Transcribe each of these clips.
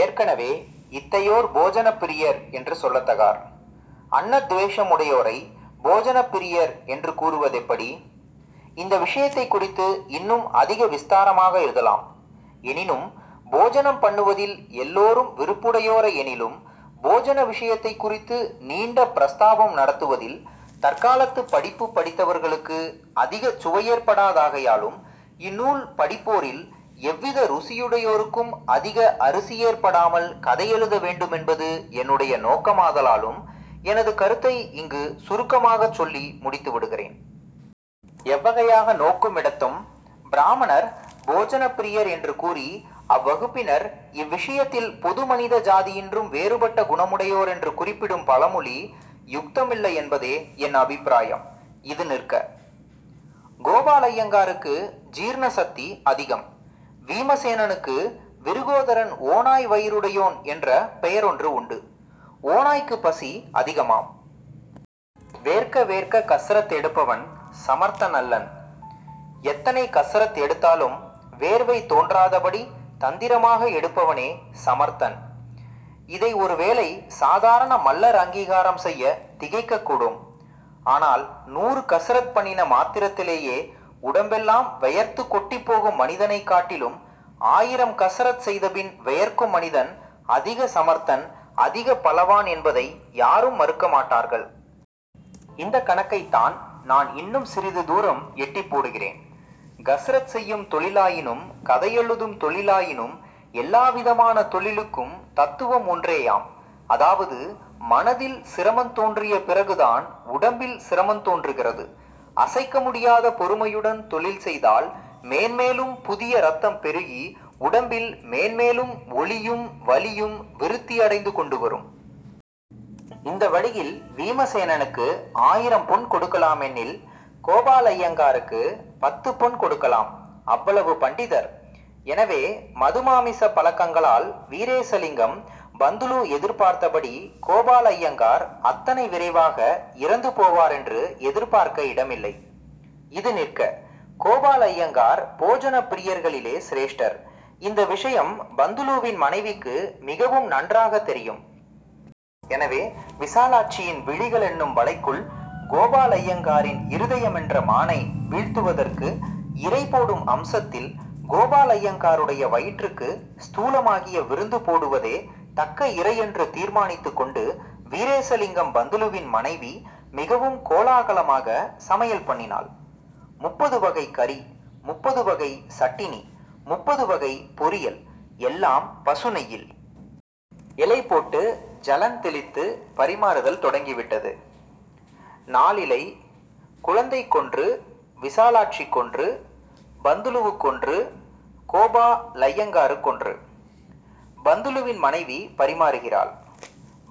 ஏற்கெனவே, இத்தையோர் போஜனப்பிரியர் என்று சொல்லத்தகார். அன்னத் துவேஷமுடையோரை போஜனப்பிரியர் என்று கூறுவதெப்படி? இந்த விஷயத்தைக் குறித்து இன்னும் அதிக விஸ்தாரமாக எழுதலாம். எனினும், போஜனம் பண்ணுவதில் எல்லோரும் விருப்புடையோரெயெனிலும், போஜன விஷயத்தைக் குறித்து நீண்ட பிரஸ்தாபம் நடத்துவதில் தற்காலத்துப் படிப்புப் படித்தவர்களுக்கு அதிகச் சுவையேற்படாதாகையாலும், இந்நூல் படிப்போரில் எவ்வித ருசியுடையோருக்கும் அதிக அருசியேற்படாமல் கதையெழுத வேண்டுமென்பது என்னுடைய நோக்கமாதலாலும் எனது கருத்தை இங்கு சுருக்கமாகச் சொல்லி முடித்துவிடுகிறேன். எவ்வகையாக நோக்குமிடத்தும் பிராமணர் போஜனப்பிரியர் என்று கூறி அவ்வகுப்பினர் இவ்விஷயத்தில் பொது மனித ஜாதியின்றும் வேறுபட்ட குணமுடையோரென்று குறிப்பிடும் பழமொழி யுக்தமில்லையென்பதே என் அபிப்ராயம். இது நிற்க. கோபாலய்யங்காருக்கு ஜீர்ண சக்தி அதிகம். வீமஸேனனுக்கு 'விருகோதரன்' ஓநாய் வயிறுடையோன்-என்ற பெயரொன்று உண்டு. ஓநாய்க்குப் பசி அதிகமாம். வேர்க்க வேர்க்க கஸ்ரத் எடுப்பவன் சமர்த்தனல்லன். எத்தனை கஸ்ரத் எடுத்தாலும் வேர்வை தோன்றாதபடி தந்திரமாக எடுப்பவனே சமர்த்தன். இதை ஒரு வேளை சாதாரண மல்லர் அங்கீகாரம் செய்யத் திகைக்கக்கூடும். ஆனால் நூறு கஸ்ரத் பண்ணின மாத்திரத்திலேயே உடம்பெல்லாம் வெயர்த்துக் கொட்டிப் போகும் மனிதனைக் காட்டிலும், ஆயிரம் கஸ்ரத் செய்தபின் வெயர்க்கும் மனிதன் அதிக சமர்த்தன் அதிக பலவான் என்பதை யாரும் மறுக்கமாட்டார்கள். இந்தக் கணக்கைத்தான் நான் இன்னும் சிறிது தூரம் எட்டிப் போடுகிறேன். கஸ்ரத் செய்யும் தொழிலாயினும், கதையெழுதும் தொழிலாயினும்-எல்லாவிதமான தொழிலுக்கும் தத்துவம் ஒன்றேயாம். அதாவது மனதில் சிரமந் தோன்றிய பிறகு தான் உடம்பில் சிரமந் தோன்றுகிறது. அசைக்க முடியாத பொறுமையுடன் தொழில் செய்தால் மேன்மேலும் புதிய ரத்தம் பெருகி, உடம்பில் மேன்மேலும் ஒளியும் வலியும் விருத்தியடைந்து கொண்டு வரும். இந்த வழியில் வீமசேனனுக்கு ஆயிரம் பொன் கொடுக்கலாமென்னில், கோபாலய்யங்காருக்குப் பத்துப் பொன் கொடுக்கலாம். அவ்வளவு பண்டிதர். எனவே மதுமாமிசப் பழக்கங்களால், வீரேசலிங்கம் பந்துலு எதிர்பார்த்தபடி, கோபாலய்யங்கார் அத்தனை விரைவாக இறந்து போவாரென்று எதிர்பார்க்க இடமில்லை. இது நிற்க. கோபாலய்யங்கார் போஜன பிரியர்களிலே சிரேஷ்டர். இந்த விஷயம் பந்துலுவின் மனைவிக்கு மிகவும் நன்றாகத் தெரியும். எனவே, விசாலாட்சியின் விழிகளென்னும் வலைக்குள் கோபாலய்யங்காரின் இருதயமென்ற மானை வீழ்த்துவதற்கு இரை போடும் அம்சத்தில் கோபாலய்யங்காருடைய வயிற்றுக்கு ஸ்தூலமாகிய விருந்து போடுவதே தக்க இரையென்று தீர்மானித்துக் கொண்டு, வீரேசலிங்கம் பந்துலுவின் மனைவி மிகவும் கோலாகலமாகச் சமையல் பண்ணினாள். முப்பது வகைக் கறி; முப்பது வகை சட்டினி; முப்பது வகை பொரியல்;-எல்லாம் பசு நெய்யில். இலை போட்டு ஜலந் தெளித்துப் பரிமாறுதல் தொடங்கிவிட்டது. நாலிலை; குழந்தைக்கொன்று; விசாலாட்சிக்கொன்று; பந்துலுவுக்கொன்று; கோபா-லய்யங்காருக்கொன்று. பந்துலுவின் மனைவி பரிமாறுகிறாள்.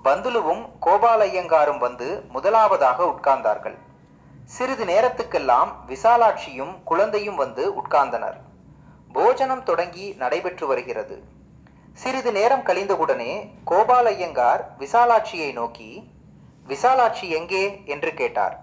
பந்துலுவும் கோபாலய்யங்காரும் வந்து முதலாவதாக உட்கார்ந்தார்கள். சிறிது நேரத்துக்கெல்லாம் விசாலாட்சியும் குழந்தையும் வந்து உட்கார்ந்தனர். போஜனம் தொடங்கி நடைபெற்று வருகிறது. சிறிது நேரம் கழிந்தவுடனே கோபாலய்யங்கார் விசாலாட்சியை நோக்கி:- ''விசாலாட்சி எங்கே'' என்று கேட்டார்.